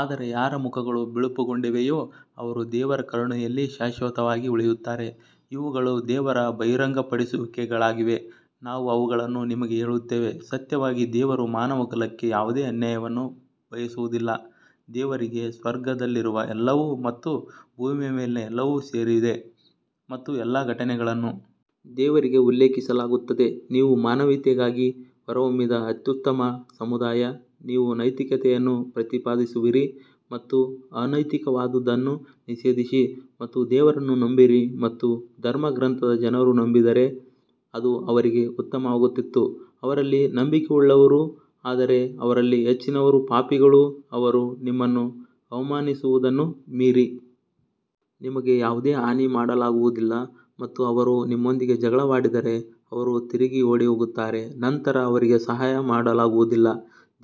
ಆದರೆ ಯಾರ ಮುಖಗಳು ಬಿಳುಪುಗೊಂಡಿವೆಯೋ ಅವರು ದೇವರ ಕರುಣೆಯಲ್ಲಿ ಶಾಶ್ವತವಾಗಿ ಉಳಿಯುತ್ತಾರೆ ಇವುಗಳು ದೇವರ ಬಹಿರಂಗಪಡಿಸುವಿಕೆಗಳಾಗಿವೆ, ನಾವು ಅವುಗಳನ್ನು ನಿಮಗೆ ಹೇಳುತ್ತೇವೆ ಸತ್ಯವಾಗಿ ದೇವರು ಮಾನವಕುಲಕ್ಕೆ ಯಾವುದೇ ಅನ್ಯಾಯವನ್ನು ಬಯಸುವುದಿಲ್ಲ ದೇವರಿಗೆ ಸ್ವರ್ಗದಲ್ಲಿರುವ ಎಲ್ಲವೂ ಮತ್ತು ಭೂಮಿಯ ಮೇಲಿನ ಎಲ್ಲವೂ ಸೇರಿದೆ ಮತ್ತು ಎಲ್ಲಾ ಘಟನೆಗಳನ್ನು ದೇವರಿಗೆ ಉಲ್ಲೇಖಿಸಲಾಗುತ್ತದೆ ನೀವು ಮಾನವೀಯತೆಗಾಗಿ ಹೊರಹೊಮ್ಮಿದ ಅತ್ಯುತ್ತಮ ಸಮುದಾಯ ನೀವು ನೈತಿಕತೆಯನ್ನು ಪ್ರತಿಪಾದಿಸುವಿರಿ ಮತ್ತು ಅನೈತಿಕವಾದುದನ್ನು ನಿಷೇಧಿಸಿ ಮತ್ತು ದೇವರನ್ನು ನಂಬಿರಿ ಮತ್ತು ಧರ್ಮಗ್ರಂಥದ ಜನರು ನಂಬಿದ್ದರೆ ಅದು ಅವರಿಗೆ ಉತ್ತಮವಾಗುತ್ತಿತ್ತು ಅವರಲ್ಲಿ ನಂಬಿಕೆಯುಳ್ಳವರು ಆದರೆ ಅವರಲ್ಲಿ ಹೆಚ್ಚಿನವರು ಪಾಪಿಗಳು ಅವರು ನಿಮ್ಮನ್ನು ಅವಮಾನಿಸುವುದನ್ನು ಮೀರಿ ನಿಮಗೆ ಯಾವುದೇ ಹಾನಿ ಮಾಡುವುದಿಲ್ಲ ಮತ್ತು ಅವರು ನಿಮ್ಮೊಂದಿಗೆ ಜಗಳವಾಡಿದರೆ ಅವರು ತಿರುಗಿ ಓಡಿಹೋಗುತ್ತಾರೆ ನಂತರ ಅವರಿಗೆ ಸಹಾಯ ಮಾಡಲಾಗುವುದಿಲ್ಲ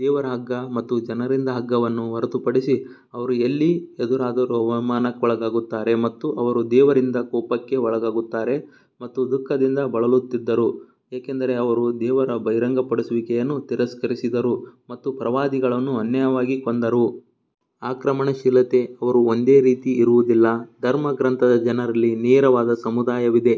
ದೇವರ ಹಗ್ಗ ಮತ್ತು ಜನರಿಂದ ಹಗ್ಗವನ್ನು ಹೊರತುಪಡಿಸಿ ಅವರು ಎಲ್ಲಿ ಎದುರಾದರೂ ಅವಮಾನಕ್ಕೊಳಗಾಗುತ್ತಾರೆ ಮತ್ತು ಅವರು ದೇವರಿಂದ ಕೋಪಕ್ಕೆ ಒಳಗಾಗುತ್ತಾರೆ ಮತ್ತು ದುಃಖದಿಂದ ಬಳಲುತ್ತಿದ್ದರು, ಏಕೆಂದರೆ ಅವರು ದೇವರ ಬಹಿರಂಗಪಡಿಸುವಿಕೆಯನ್ನು ತಿರಸ್ಕರಿಸಿದರು ಮತ್ತು ಪ್ರವಾದಿಗಳನ್ನು ಅನ್ಯಾಯವಾಗಿ ಕೊಂದರು. ಆಕ್ರಮಣಶೀಲತೆ ಅವರು ಒಂದೇ ರೀತಿ ಇರುವುದಿಲ್ಲ ಧರ್ಮಗ್ರಂಥದ ಜನರಲ್ಲಿ ನೇರವಾದ ಸಮುದಾಯವಿದೆ,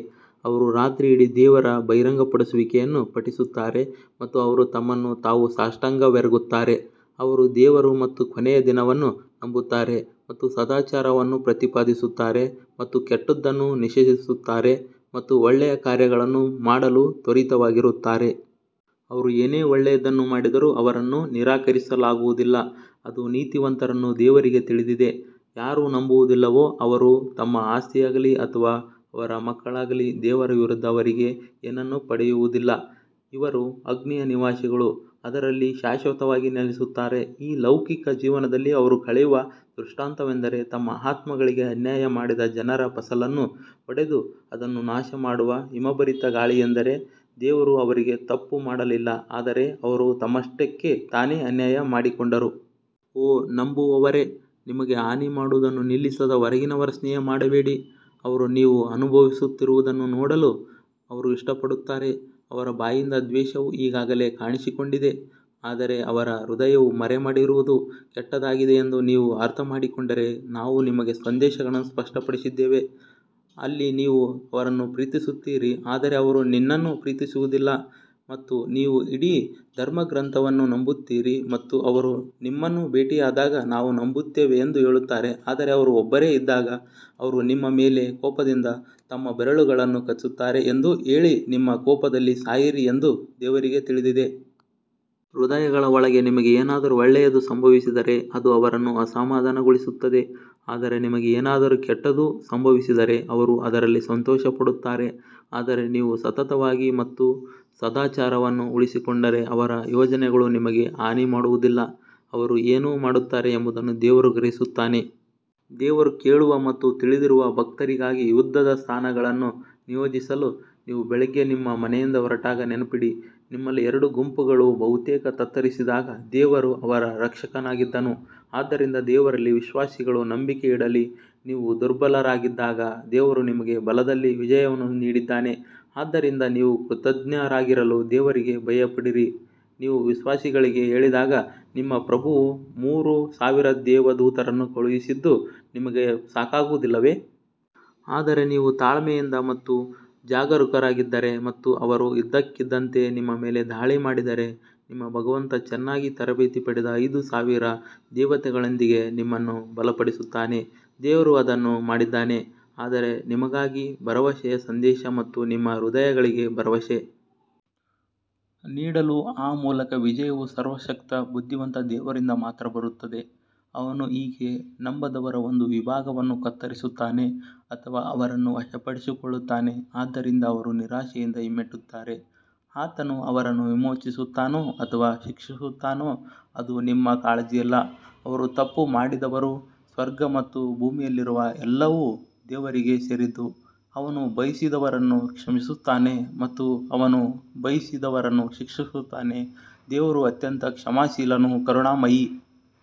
ಅವರು ರಾತ್ರಿಯಿಡೀ ದೇವರ ಬಹಿರಂಗಪಡಿಸುವಿಕೆಯನ್ನು ಪಠಿಸುತ್ತಾರೆ ಮತ್ತು ಅವರು ತಮ್ಮನ್ನು ತಾವು ಸಾಷ್ಟಾಂಗವೆರಗುತ್ತಾರೆ. ಅವರು ದೇವರು ಮತ್ತು ಕೊನೆಯ ದಿನವನ್ನು ನಂಬುತ್ತಾರೆ ಮತ್ತು ಸದಾಚಾರವನ್ನು ಪ್ರತಿಪಾದಿಸುತ್ತಾರೆ ಮತ್ತು ಕೆಟ್ಟದ್ದನ್ನು ನಿಷೇಧಿಸುತ್ತಾರೆ ಮತ್ತು ಒಳ್ಳೆಯ ಕಾರ್ಯಗಳನ್ನು ಮಾಡಲು ತ್ವರಿತವಾಗಿರುತ್ತಾರೆ. ಅವರು ಏನೇ ಒಳ್ಳೆಯದನ್ನು ಮಾಡಿದರೂ ಅವರನ್ನು ನಿರಾಕರಿಸಲಾಗುವುದಿಲ್ಲ ಅದು ನೀತಿವಂತರನ್ನು ದೇವರಿಗೆ ತಿಳಿದಿದೆ ಯಾರು ನಂಬುವುದಿಲ್ಲವೋ ಅವರು ತಮ್ಮ ಆಸ್ತಿಯಾಗಲಿ ಅಥವಾ ಅವರ ಮಕ್ಕಳಾಗಲಿ ದೇವರ ವಿರುದ್ಧ ಅವರಿಗೆ ಏನನ್ನೂ ಪಡೆಯುವುದಿಲ್ಲ, ಇವರು ಅಗ್ನಿಯ ನಿವಾಸಿಗಳು ಅದರಲ್ಲಿ ಶಾಶ್ವತವಾಗಿ ನೆಲೆಸುತ್ತಾರೆ. ಈ ಲೌಕಿಕ ಜೀವನದಲ್ಲಿ ಅವರು ಕಳೆಯುವ ದೃಷ್ಟಾಂತವೆಂದರೆ ತಮ್ಮ ಆತ್ಮಗಳಿಗೆ ಅನ್ಯಾಯ ಮಾಡಿದ ಜನರ ಫಸಲನ್ನು ಹೊಡೆದು ಅದನ್ನು ನಾಶಮಾಡುವ ಹಿಮಭರಿತ ಗಾಳಿಯೆಂದರೆ ದೇವರು ಅವರಿಗೆ ತಪ್ಪು ಮಾಡಲಿಲ್ಲ ಆದರೆ ಅವರು ತಮ್ಮಷ್ಟಕ್ಕೇ ತಾನೇ ಅನ್ಯಾಯ ಮಾಡಿಕೊಂಡರು. ಓ ನಂಬುವವರೇ ನಿಮಗೆ ಹಾನಿ ಮಾಡುವುದನ್ನು ನಿಲ್ಲಿಸದ ಹೊರಗಿನವರ ಸ್ನೇಹ ಮಾಡಬೇಡಿ ಅವರು ನೀವು ಅನುಭವಿಸುತ್ತಿರುವುದನ್ನು ನೋಡಲು ಅವರು ಇಷ್ಟಪಡುತ್ತಾರೆ ಅವರ ಬಾಯಿಂದ ದ್ವೇಷವು ಈಗಾಗಲೇ ಕಾಣಿಸಿಕೊಂಡಿದೆ ಆದರೆ ಅವರ ಹೃದಯವು ಮರೆಮಾಡಿರುವುದು ಕೆಟ್ಟದಾಗಿದೆ ಎಂದು ನೀವು ಅರ್ಥಮಾಡಿಕೊಂಡರೆ ನಾವು ನಿಮಗೆ ಸಂದೇಶಗಳನ್ನು ಸ್ಪಷ್ಟಪಡಿಸಿದ್ದೇವೆ. ಅಲ್ಲಿ ನೀವು ಅವರನ್ನು ಪ್ರೀತಿಸುತ್ತೀರಿ ಆದರೆ ಅವರು ನಿನ್ನನ್ನು ಪ್ರೀತಿಸುವುದಿಲ್ಲ ಮತ್ತು ನೀವು ಇಡೀ ಧರ್ಮಗ್ರಂಥವನ್ನು ನಂಬುತ್ತೀರಿ ಮತ್ತು ಅವರು ನಿಮ್ಮನ್ನು ಭೇಟಿಯಾದಾಗ ನಾವು ನಂಬುತ್ತೇವೆ ಎಂದು ಹೇಳುತ್ತಾರೆ ಆದರೆ ಅವರು ಒಬ್ಬರೇ ಇದ್ದಾಗ ಅವರು ನಿಮ್ಮ ಮೇಲೆ ಕೋಪದಿಂದ ತಮ್ಮ ಬೆರಳುಗಳನ್ನು ಕಚ್ಚುತ್ತಾರೆ ಎಂದು ಹೇಳಿ ನಿಮ್ಮ ಕೋಪದಲ್ಲಿ ಸಾಯಿರಿ ಎಂದು ದೇವರಿಗೆ ತಿಳಿದಿದೆ. ಹೃದಯಗಳ ಒಳಗೆ ನಿಮಗೆ ಏನಾದರೂ ಒಳ್ಳೆಯದು ಸಂಭವಿಸಿದರೆ ಅದು ಅವರನ್ನು ಅಸಮಾಧಾನಗೊಳಿಸುತ್ತದೆ ಆದರೆ ನಿಮಗೆ ಏನಾದರೂ ಕೆಟ್ಟದು ಸಂಭವಿಸಿದರೆ ಅವರು ಅದರಲ್ಲಿ ಸಂತೋಷಪಡುತ್ತಾರೆ ಆದರೆ ನೀವು ಸತತವಾಗಿ ಮತ್ತು ಸದಾಚಾರವನ್ನು ಉಳಿಸಿಕೊಂಡರೆ ಅವರ ಯೋಜನೆಗಳು ನಿಮಗೆ ಹಾನಿ ಮಾಡುವುದಿಲ್ಲ, ಅವರು ಏನು ಮಾಡುತ್ತಾರೆ ಎಂಬುದನ್ನು ದೇವರು ಗ್ರಹಿಸುತ್ತಾನೆ. ದೇವರು ಕೇಳುವ ಮತ್ತು ತಿಳಿದಿರುವ ಭಕ್ತರಿಗಾಗಿ ಯುದ್ಧದ ಸ್ಥಾನಗಳನ್ನು ನಿಯೋಜಿಸಲು ನೀವು ಬೆಳಿಗ್ಗೆ ನಿಮ್ಮ ಮನೆಯಿಂದ ಹೊರಟಾಗ ನೆನಪಿಡಿ ನಿಮ್ಮಲ್ಲಿ ಎರಡು ಗುಂಪುಗಳು ಬಹುತೇಕ ತತ್ತರಿಸಿದಾಗ ದೇವರು ಅವರ ರಕ್ಷಕನಾಗಿದ್ದನು ಆದ್ದರಿಂದ ದೇವರಲ್ಲಿ ವಿಶ್ವಾಸಿಗಳು ನಂಬಿಕೆ ಇಡಲಿ ನೀವು ದುರ್ಬಲರಾಗಿದ್ದಾಗ ದೇವರು ನಿಮಗೆ ಬಲದಲ್ಲಿ ವಿಜಯವನ್ನು ನೀಡಿದ್ದಾನೆ ಆದ್ದರಿಂದ ನೀವು ಕೃತಜ್ಞರಾಗಿರಲು ದೇವರಿಗೆ ಭಯಪಡಿರಿ ನೀವು ವಿಶ್ವಾಸಿಗಳಿಗೆ ಹೇಳಿದಾಗ ನಿಮ್ಮ ಪ್ರಭುವು ಮೂರು ಸಾವಿರ ದೇವದೂತರನ್ನು ಕಳುಹಿಸಿದ್ದು ನಿಮಗೆ ಸಾಕಾಗುವುದಿಲ್ಲವೇ? ಆದರೆ ನೀವು ತಾಳ್ಮೆಯಿಂದ ಮತ್ತು ಜಾಗರೂಕರಾಗಿದ್ದರೆ ಮತ್ತು ಅವರು ಇದ್ದಕ್ಕಿದ್ದಂತೆ ನಿಮ್ಮ ಮೇಲೆ ದಾಳಿ ಮಾಡಿದರೆ ನಿಮ್ಮ ಭಗವಂತ ಚೆನ್ನಾಗಿ ತರಬೇತಿ ಪಡೆದ ಐದು ಸಾವಿರ ದೇವತೆಗಳೊಂದಿಗೆ ನಿಮ್ಮನ್ನು ಬಲಪಡಿಸುತ್ತಾನೆ. ದೇವರು ಅದನ್ನು ಮಾಡಿದ್ದಾನೆ ಆದರೆ ನಿಮಗಾಗಿ ಭರವಸೆಯ ಸಂದೇಶ ಮತ್ತು ನಿಮ್ಮ ಹೃದಯಗಳಿಗೆ ಭರವಸೆ ನೀಡಲು ಆ ಮೂಲಕ ವಿಜಯವು ಸರ್ವಶಕ್ತ ಬುದ್ಧಿವಂತ ದೇವರಿಂದ ಮಾತ್ರ ಬರುತ್ತದೆ ಅವನು ಹೀಗೆ ನಂಬದವರ ಒಂದು ವಿಭಾಗವನ್ನು ಕತ್ತರಿಸುತ್ತಾನೆ ಅಥವಾ ಅವರನ್ನು ವಶಪಡಿಸಿಕೊಳ್ಳುತ್ತಾನೆ ಆದ್ದರಿಂದ ಅವರು ನಿರಾಶೆಯಿಂದ ಹಿಮ್ಮೆಟ್ಟುತ್ತಾರೆ ಆತನು ಅವರನ್ನು ವಿಮೋಚಿಸುತ್ತಾನೋ ಅಥವಾ ಶಿಕ್ಷಿಸುತ್ತಾನೋ ಅದು ನಿಮ್ಮ ಕಾಳಜಿಯಲ್ಲ ಅವರು ತಪ್ಪು ಮಾಡಿದವರು ಸ್ವರ್ಗ ಮತ್ತು ಭೂಮಿಯಲ್ಲಿರುವ ಎಲ್ಲವೂ ದೇವರಿಗೆ ಸೇರಿದ್ದು, ಅವನು ಬಯಸಿದವರನ್ನು ಕ್ಷಮಿಸುತ್ತಾನೆ ಮತ್ತು ಅವನು ಬಯಸಿದವರನ್ನು ಶಿಕ್ಷಿಸುತ್ತಾನೆ ದೇವರು ಅತ್ಯಂತ ಕ್ಷಮಾಶೀಲನು ಕರುಣಾಮಯಿ.